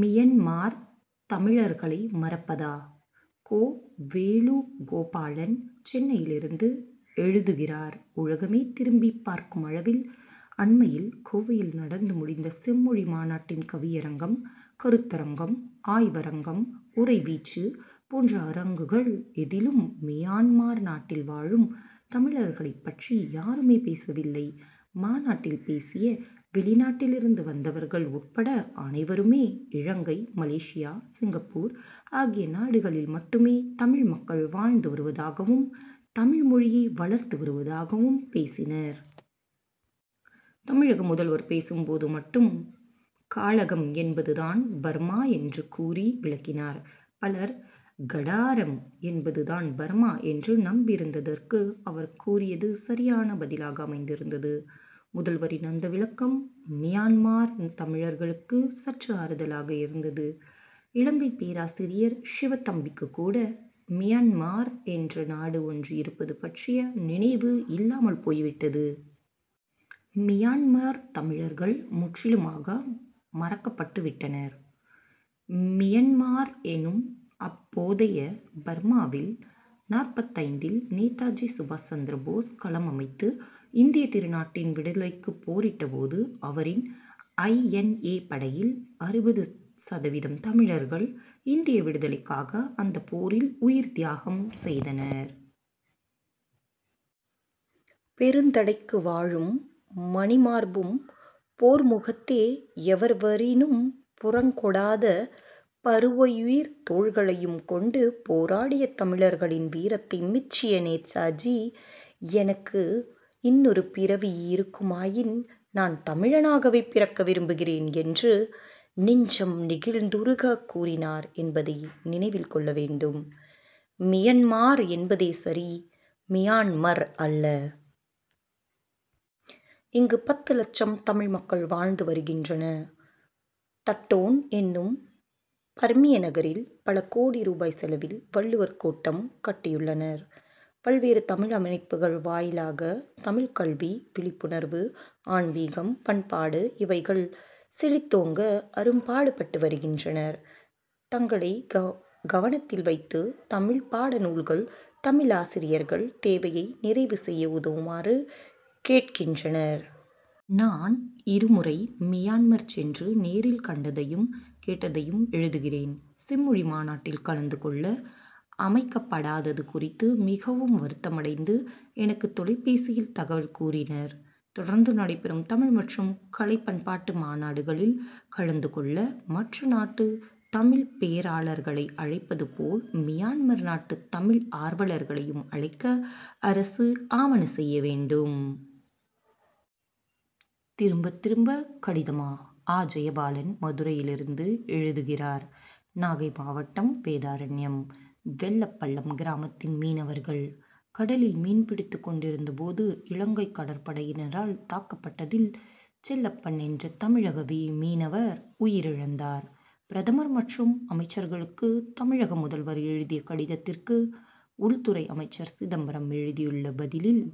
Myanmar தமிழர்களை மறப்பதா? கோ. வேணுகோபாலன், சென்னையிலிருந்து எழுதுகிறார் உலகமே திரும்பிப் பார்க்குமளவில், அண்மையில் கோவையில் நடந்து முடிந்த செம்மொழி மாநாட்டின் கவியரங்கம், கருத்தரங்கம், ஆய்வரங்கம் உரை வீச்சு போன்ற அரங்குகள் எதிலுமே, மியன்மார் நாட்டில் வாழும் தமிழர்களைப் பற்றி யாருமே பேசவில்லை. மாநாட்டில் பேசிய, வெளிநாட்டிலிருந்து வந்தவர்கள் உட்பட அனைவருமே, இலங்கை, மலேசியா, சிங்கப்பூர் ஆகிய நாடுகளில் மட்டுமே தமிழ் மக்கள் வாழ்ந்து வருவதாகவும், தமிழ்மொழியை வளர்த்து வருவதாகவும் பேசினர். தமிழக முதல்வர் பேசும் போது மட்டும், காழகம்' என்பது தான் பர்மா என்று கூறி விளக்கினார். பலர், கடாரம்' என்பது தான் பர்மா என்று நம்பியிருந்ததற்கு, அவர் கூறியது சரியான பதிலாக அமைந்திருந்தது. முதல்வரின் அந்த விளக்கம், மியன்மார் தமிழர்களுக்கு சற்று ஆறுதலாக இருந்தது. இலங்கைப் பேராசிரியர் சிவத்தம்பிக்குக் கூட, மியன்மார்' என்ற நாடு ஒன்று இருப்பது பற்றிய நினைவு இல்லாமல் போய்விட்டது. மியன்மார் தமிழர்கள், முற்றிலுமாக மறக்கப்பட்டுவிட்டனர். மியன்மார்' எனும் அப்போதைய பர்மா'வில், நாற்பத்தைந்தில், நேதாஜி சுபாஷ் சந்திரபோஸ் களம் அமைத்து, இந்தியத் திருநாட்டின் விடுதலைக்குப் போரிட்ட போது, அவரின் ஐ. என். ஏ., படையில், அறுபது சதவீதம் தமிழர்கள், இந்திய விடுதலைக்காக, அந்தப் போரில் உயிர்த்தியாகம் செய்தனர். பொருதடக்கை வாளும், மணிமார்பும் போர் முகத்தே எவர்வரினும் புறங்கொடாத பருவயிரத் தோள்களையும் கொண்டு போராடிய தமிழர்களின் வீரத்தை மெச்சிய நேதாஜி, எனக்கு இன்னொரு பிறவி இருக்குமாயின், நான் தமிழனாகவே பிறக்க விரும்புகிறேன்' என்று, நெஞ்சம் நெகிழ்ந்துருகக் கூறினார் என்பதை நினைவில் கொள்ள வேண்டும். மியன்மார் என்பதே சரி; மியான்மர் அல்ல. இங்கு பத்து லட்சம் தமிழ் மக்கள் வாழ்ந்து வருகின்றனர். தட்டோன்' எனும் பர்மிய நகரில், பல கோடி ரூபாய் செலவில், வள்ளுவர் கோட்டம் கட்டியுள்ளனர். பல்வேறு தமிழ் அமைப்புகள் வாயிலாக, தமிழ்க் கல்வி விழிப்புணர்வு, ஆன்மிகம், பண்பாடு இவைகள் செழித்தோங்க, அரும்பாடுபட்டு வருகின்றனர். தங்களைக் கவனத்தில் வைத்து, தமிழ்ப்பாட நூல்கள், தமிழாசிரியர்கள் தேவையை நிறைவு செய்ய உதவுமாறு கேட்கின்றனர். நான் இருமுறை மியன்மார் சென்று நேரில் கண்டதையும், கேட்டதையும் எழுதுகிறேன். செம்மொழி மாநாட்டில் கலந்து கொள்ள அழைக்கப்படாதது குறித்து மிகவும் வருத்தமடைந்து, எனக்கு தொலைபேசியில் தகவல் கூறினர். தொடர்ந்து நடைபெறும் தமிழ் மற்றும் கலை பண்பாட்டு மாநாடுகளில் கலந்து கொள்ள, மற்ற நாட்டுத் தமிழ்ப் பேராளர்களை அழைப்பது போல், மியன்மார் நாட்டுத் தமிழ் ஆர்வலர்களையும் அழைக்க, அரசு ஆவன செய்ய வேண்டும். திரும்ப திரும்ப கடிதமா? அ. ஜெயபாலன், மதுரையிலிருந்து எழுதுகிறார் நாகை மாவட்டம் வேதாரண்யம், வெள்ளப்பள்ளம் கிராமத்தின் மீனவர்கள், கடலில் மீன் பிடித்து கொண்டிருந்த போது, இலங்கை கடற்படையினரால் தாக்கப்பட்டதில், செல்லப்பன் என்ற தமிழக மீனவர் உயிரிழந்தார். பிரதமர் மற்றும் அமைச்சர்களுக்கு, தமிழக முதல்வர் எழுதிய கடிதத்திற்கு, உள்துறை அமைச்சர் சிதம்பரம் எழுதியுள்ள பதிலில்,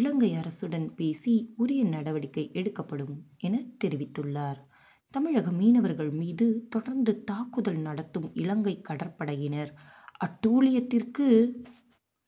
இலங்கை அரசுடன் பேசி உரிய நடவடிக்கை எடுக்கப்படும்' என தெரிவித்துள்ளார். தமிழக மீனவர்கள் மீது தொடர்ந்து தாக்குதல் நடத்தும் இலங்கை கடற்படையினர் அட்டூழியத்திற்கு